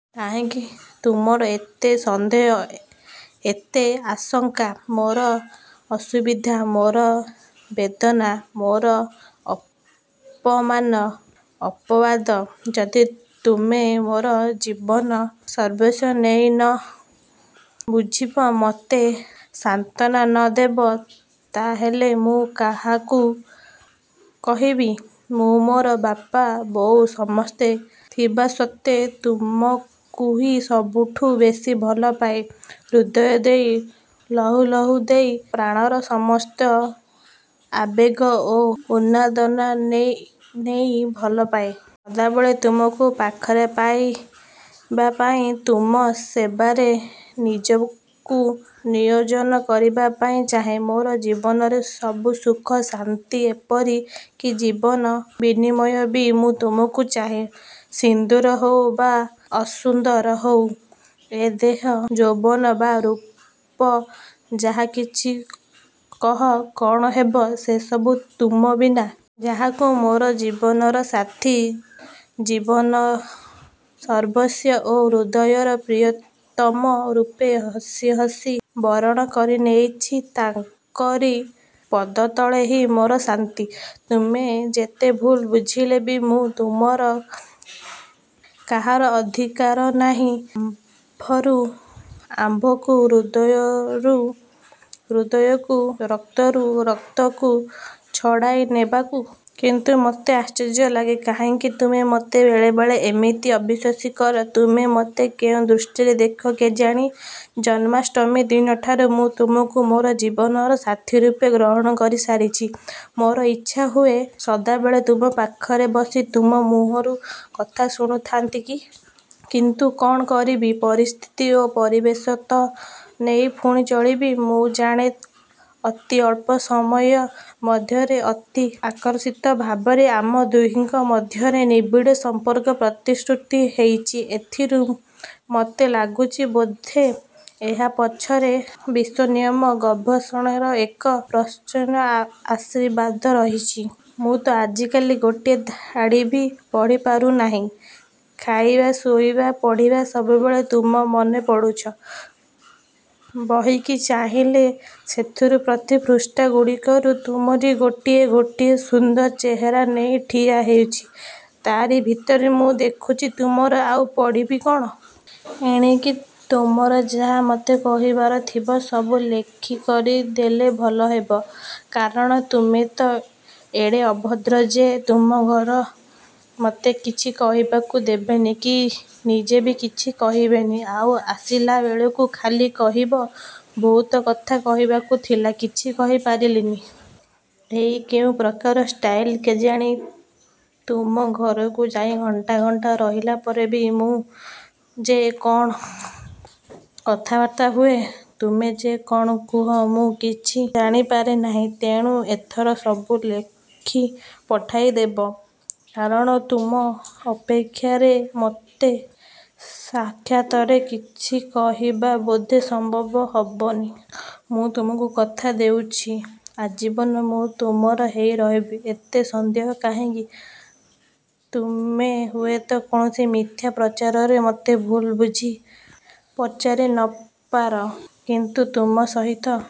କାହିଁକି ତୁମର ଏତେ ସନ୍ଦେହ ଏତେ ଆଶଙ୍କା? ମୋର ଅସୁବିଧା, ମୋର ବେଦନା, ମୋର ଅପମାନ ଅପବାଦ ଯଦି ତୁମେ ମୋର ଜୀବନ ସର୍ବସ୍ୱ ହୋଇ ନ ବୁଝିବ, ମୋତେ ସାନ୍ତ୍ୱନା ନ ଦେବ; ତା'ହେଲେ ମୁଁ କାହାକୁ କହିବି? ମୁଁ ମୋର ବାପା ବୋଉ ସମସ୍ତେ ଥିବାସତ୍ତ୍ୱେ ତୁମକୁହିଁ ସବୁଠୁଁ ବେଶୀ ଭଲପାଏ; ହୃଦୟ ଦେଇ ଲହୁ ଲୁହ ଦେଇ, ପ୍ରାଣର ସମସ୍ତ ଆବେଗ ଓ ଉନ୍ମାଦନା ନେଇ ଭଲପାଏ। ସଦାବେଳେ ତୁମକୁ ପାଖରେ ପାଇବା ପାଇଁ; ତୁମ ସେବାରେ ନୀଜକୁ ନିୟୋଜନ କରିବା ପାଇଁ ଚାହେଁ। ମୋର ଜୀବନର ସବୁ ସୁଖ, ଶାନ୍ତି ଏପରି କି ଜୀବନ ବିନିମୟରେ ବି ମୁଁ ତୁମକୁ ଚାହେଁ। ସୁନ୍ଦର ହେଉ ବା ଅସୁନ୍ଦର ହେଉ ଏ ଦେହ, ଯୌବନ ବା ରୂପ ଯାହା କିଛି କହ; କ'ଣ ହେବ ସେ ସବୁ ତୁମ ବିନା? ଯାହାଙ୍କୁ ମୋର ଜୀବନର ସାଥୀ, ଜୀବନ-ସର୍ବସ୍ୱ ଓ ହୃଦୟର ପ୍ରିୟତମ ରୂପେ ହସି ହସି ବରଣ କରିନେଇଛି ତାଙ୍କରି ପଦତଳେ ହିଁ ମୋର ଶାନ୍ତି। ତୁମେ ଯେତେ ଭୁଲ୍ ବୁଝିଲେ ବି ମୁଁ ତୁମର। କାହାର ଅଧିକାର ନାହିଁ ଆତ୍ମାରୁ ଆତ୍ମାକୁ, ହୃଦୟରୁ ହୃଦୟକୁ, ରକ୍ତରୁ ରକ୍ତକୁ ଛଡ଼ାଇ ନେବାକୁ। କିନ୍ତୁ ମୋତେ ଆଶ୍ଚର୍ଯ୍ୟ ଲାଗେ କାହିଁକି ତୁମେ ମୋତେ ବେଳେ ବେଳେ ଏମିତି ଅବିଶ୍ୱାସ କର। ତୁମେ ମୋତେ କୋଉ ଦୃଷ୍ଟିରେ ଦେଖ କେଜାଣି; ଜନ୍ମାଷ୍ଟମୀ ଦିନଠାରୁ ମୁଁ ତୁମକୁ ମୋର ଜୀବନର ସାଥୀ ରୂପେ ଗ୍ରହଣ କରି ସାରିଛି। ମୋର ଇଚ୍ଛାହୁଏ, ସଦାବେଳେ ତୁମ ପାଖରେ ବସି, ତୁମ ମୁହଁରୁ କଥା ଶୁଣୁଥାନ୍ତି କି? କିନ୍ତୁ କ'ଣ କରିବି-? ପରିସ୍ଥିତି ଓ ପରିବେଶକୁ ତ ନେଇ ପୁଣି ଚଳିବି। ମୁଁ ଜାଣେ ଅତି ଅଳ୍ପ ସମୟ ମଧ୍ୟରେ; ଅତି ଆକସ୍ମିକ ଭାବରେ ଆମ ଦୁହିଁଙ୍କ ମଧ୍ୟରେ ନିବିଡ଼ ସମ୍ପର୍କ ପ୍ରତିଷ୍ଠିତ ହୋଇଛି। ଏଥିରୁ ମୋତେ ଲାଗୁଛି ବୋଧେ ଏହା ପଛରେ ବିଶ୍ୱନିୟନ୍ତା ଭଗବାନ୍ଙ୍କର ଏକ ପ୍ରଚ୍ଛନ୍ନ ଆଶୀର୍ବାଦ ରହିଛି। ମୁଁ ତ ଆଜିକାଲି ଗୋଟିଏ ଧାଡ଼ି ବି ପଢ଼ିପାରୁନାହିଁ-। ଖାଇବା, ଶୋଇବା, ପଢ଼ିବା ସବୁବେଳେ ତୁମେ ମନେପଡ଼ୁଛ। ବହିକି ଚାହିଁଲେ ସେଥିର ପ୍ରତି ଅକ୍ଷରଗୁଡ଼ାକ ତୁମର ଗୋଟିଏ ଗୋଟିଏ ସୁନ୍ଦର ଚେହେରା ନେଇ ଠିଆ ହେଉଛି। ତାରି ଭିତରେ ମୁଁ ଦେଖୁଛି ତୁମକୁ। ଆଉ ପଢ଼ିବି କ'ଣ? ଏଣିକି ତୁମର ଯାହା ମୋତେ କହିବାର ଥିବ; ସବୁ ଲେଖି କରି ଦେଲେ ଭଲ ହେବ। କାରଣ ତୁମେ ତ ଏଡ଼େ ଅଭଦ୍ର ଯେ ତୁମ ଘରେ ମୋତେ କିଛି କହିବାକୁ ଦେବନି କି ନିଜେ ବି କିଛି କହିବନି। ଆଉ ଆସିଲା ବେଳକୁ ଖାଲି କହିବ-''ବହୁତ କଥା କହିବାକୁ ଥିଲା, କିଛି କହିପାରିଲିନି-। '' ଇଏ କୋଉ ପ୍ରକାର ଷ୍ଟାଇଲ୍ କେଜାଣି? ତୁମ ଘରକୁ ଯାଇ ଘଣ୍ଟା ଘଣ୍ଟା ରହିଲା ପରେ ବି ମୁଁ ଯେ କ'ଣ କଥାବାର୍ତ୍ତା ହୁଏ; ତୁମେ ଯେ କ'ଣ କୁହ ମୁଁ କିଛି ଜାଣିପାରେ ନାହିଁ। ତେଣୁ ଏଥର ସବୁ ଲେଖି ପଠାଇ ଦେବ; କାରଣ ତୁମ ପକ୍ଷରେ ମୋତେ ସାକ୍ଷାତରେ କିଛି କହିବା ବୋଧେ ସମ୍ଭବ ହେବନି। ମୁଁ ତୁମକୁ କଥା ଦେଉଛି ଆଜୀବନ ମୁଁ ତୁମର ହୋଇ ରହିବି। ଏତେ ସନ୍ଦେହ କାହିଁକି-? ତୁମେ ହୁଏତ କୌଣସି ମିଥ୍ୟା ପ୍ରଚାରରେ ମୋତେ ଭୁଲ୍ ବୁଝି ପଚାରି ନପାର; କିନ୍ତୁ ତୁମ ସହିତ